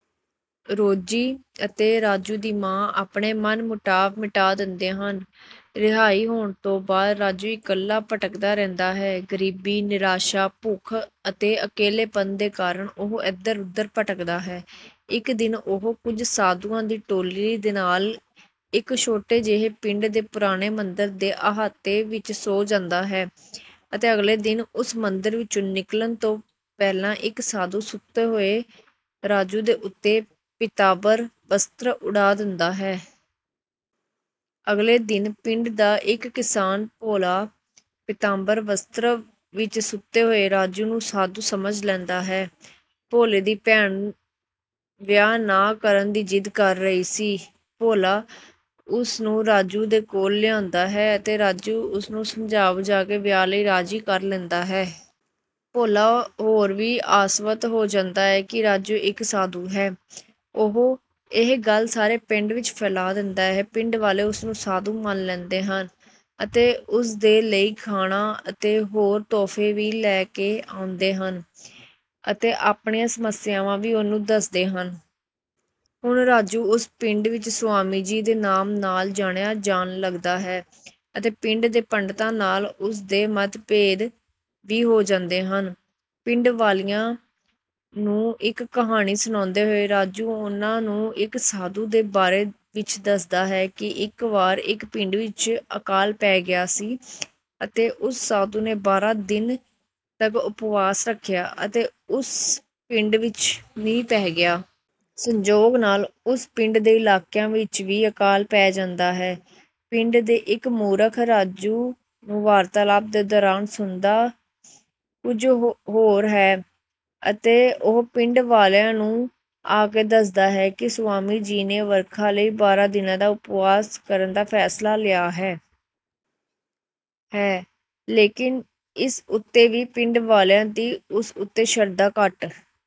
ਰੋਜੀ ਅਤੇ ਰਾਜੂ ਦੀ ਮਾਂ ਆਪਣੇ ਮਨ-ਮੁਟਾਵ ਮਿਟਾ ਦਿੰਦੇ ਹਨ। ਰਿਹਾਈ ਹੋਣ ਦੇ ਬਾਅਦ ਰਾਜੂ ਇਕੱਲਾ ਭਟਕਦਾ ਰਹਿੰਦਾ ਹੈ। ਗਰੀਬੀ, ਨਿਰਾਸ਼ਾ, ਭੁੱਖ ਅਤੇ ਅਕੇਲੇਪਨ ਦੇ ਕਾਰਨ ਉਹ ਏਧਰ-ਉੱਧਰ ਭਟਕਦਾ ਹੈ। ਇੱਕ ਦਿਨ ਉਹ ਕੁਝ ਸਾਧੂਆਂ ਦੀ ਟੋਲੀ ਦੇ ਨਾਲ ਇੱਕ ਛੋਟੇ ਜਿਹੇ ਪਿੰਡ ਦੇ ਪੁਰਾਣੇ ਮੰਦਿਰ ਦੇ ਅਹਾਤੇ ਵਿੱਚ ਸੌਂ ਜਾਂਦਾ ਹੈ ਅਤੇ ਅਗਲੇ ਦਿਨ ਉਸ ਮੰਦਿਰ 'ਚੋਂ ਨਿਕਲਣ ਤੋਂ ਪਹਿਲਾਂ ਇੱਕ ਸਾਧੂ ਸੁੱਤੇ ਹੋਏ ਰਾਜੂ ਦੇ ਉੱਤੇ ਪੀਤਾਂਬਰ ਵਸਤਰ ਉਡਾ ਦਿੰਦਾ ਹੈ। ਅਗਲੇ ਦਿਨ ਪਿੰਡ ਦਾ ਇੱਕ ਕਿਸਾਨ, ਭੋਲਾ, ਪੀਤਾਂਬਰ ਵਸਤਰ ਵਿੱਚ ਸੁੱਤੇ ਹੋਏ ਰਾਜੂ ਨੂੰ ਸਾਧੂ ਸਮਝ ਲੈਂਦਾ ਹੈ। ਭੋਲੇ ਦੀ ਭੈਣ ਵਿਆਹ ਨਾ ਕਰਨ ਦੀ ਜਿੱਦ ਕਰ ਰਹੀ ਸੀ। ਭੋਲਾ ਉਸਨੂੰ ਰਾਜੂ ਦੇ ਕੋਲ ਲਿਆਉਂਦਾ ਹੈ ਅਤੇ ਰਾਜੂ ਉਸਨੂੰ ਸਮਝਾ-ਬੁਝਾ ਕੇ ਵਿਆਹ ਲਈ ਰਾਜ਼ੀ ਕਰ ਲੈਂਦਾ ਹੈ। ਭੋਲਾ ਹੋਰ ਵੀ ਆਸਵਸਤ ਹੋ ਜਾਂਦਾ ਹੈ ਕਿ ਰਾਜੂ ਇੱਕ ਸਾਧੂ ਹੈ। ਉਹ ਇਹ ਗੱਲ ਸਾਰੇ ਪਿੰਡ ਵਿੱਚ ਫੈਲਾ ਦਿੰਦਾ ਹੈ। ਪਿੰਡ ਵਾਲੇ ਉਸਨੂੰ ਸਾਧੂ ਮੰਨ ਲੈਂਦੇ ਹਨ ਅਤੇ ਉਸਦੇ ਲਈ ਖਾਣਾ ਅਤੇ ਹੋਰ ਤੋਹਫ਼ੇ ਲੈ ਕੇ ਆਉਂਦੇ ਹਨ ਅਤੇ ਆਪਣੀਆਂ ਸਮੱਸਿਆਵਾਂ ਵੀ ਉਹਨੂੰ ਦੱਸਦੇ ਹਨ। ਹੁਣ ਰਾਜੂ ਉਸ ਪਿੰਡ ਵਿੱਚ "ਸਵਾਮੀ ਜੀ" ਦੇ ਨਾਮ ਨਾਲ ਜਾਣਿਆ ਜਾਣ ਲੱਗਦਾ ਹੈ ਅਤੇ ਪਿੰਡ ਦੇ ਪੰਡਤਾਂ ਨਾਲ ਉਸਦੇ ਮਤਭੇਦ ਵੀ ਹੋ ਜਾਂਦੇ ਹਨ। ਪਿੰਡ ਵਾਲਿਆਂ ਨੂੰ ਇੱਕ ਕਹਾਣੀ ਸੁਣਾਉਂਦੇ ਹੋਏ ਰਾਜੂ ਉਨ੍ਹਾਂ ਨੂੰ ਇੱਕ ਸਾਧੂ ਦੇ ਬਾਰੇ ਵਿੱਚ ਦੱਸਦਾ ਹੈ ਕਿ ਇੱਕ ਵਾਰ ਇੱਕ ਪਿੰਡ ਵਿੱਚ ਅਕਾਲ ਪੈ ਗਿਆ ਸੀ ਅਤੇ ਉਸ ਸਾਧੂ ਨੇ ਬਾਰਾਂ ਦਿਨ ਤੱਕ ਉਪਵਾਸ ਰੱਖਿਆ ਅਤੇ ਉਸ ਪਿੰਡ ਵਿੱਚ ਮੀਂਹ ਪੈ ਗਿਆ। ਸੰਜੋਗ ਨਾਲ ਉਸ ਪਿੰਡ ਦੇ ਇਲਾਕੇ ਵਿੱਚ ਵੀ ਅਕਾਲ ਪੈ ਜਾਂਦਾ ਹੈ। ਪਿੰਡ ਦੇ ਇੱਕ ਮੂਰਖ ਰਾਜੂ ਨੂੰ ਵਾਰਤਾਲਾਪ ਦੇ ਦੌਰਾਨ ਸੁਣਦਾ ਕੁਝ ਹੋਰ ਹੈ ਅਤੇ ਉਹ ਪਿੰਡ ਵਾਲਿਆਂ ਨੂੰ ਆ ਕੇ ਦੱਸਦਾ ਹੈ ਕਿ ਸਵਾਮੀ ਜੀ ਨੇ ਵਰਖਾ ਲਈ ਬਾਰਾਂ ਦਿਨ ਦਾ ਉਪਵਾਸ ਕਰਨ ਦਾ ਫ਼ੈਸਲਾ ਲਿਆ ਹੈ। ਹੈ, ਲੇਕਿਨ ਇਸ ਉੱਤੇ ਵੀ ਪਿੰਡ ਵਾਲਿਆਂ ਦੀ ਉਸ ਉੱਤੇ ਸ਼ਰਧਾ ਘੱਟ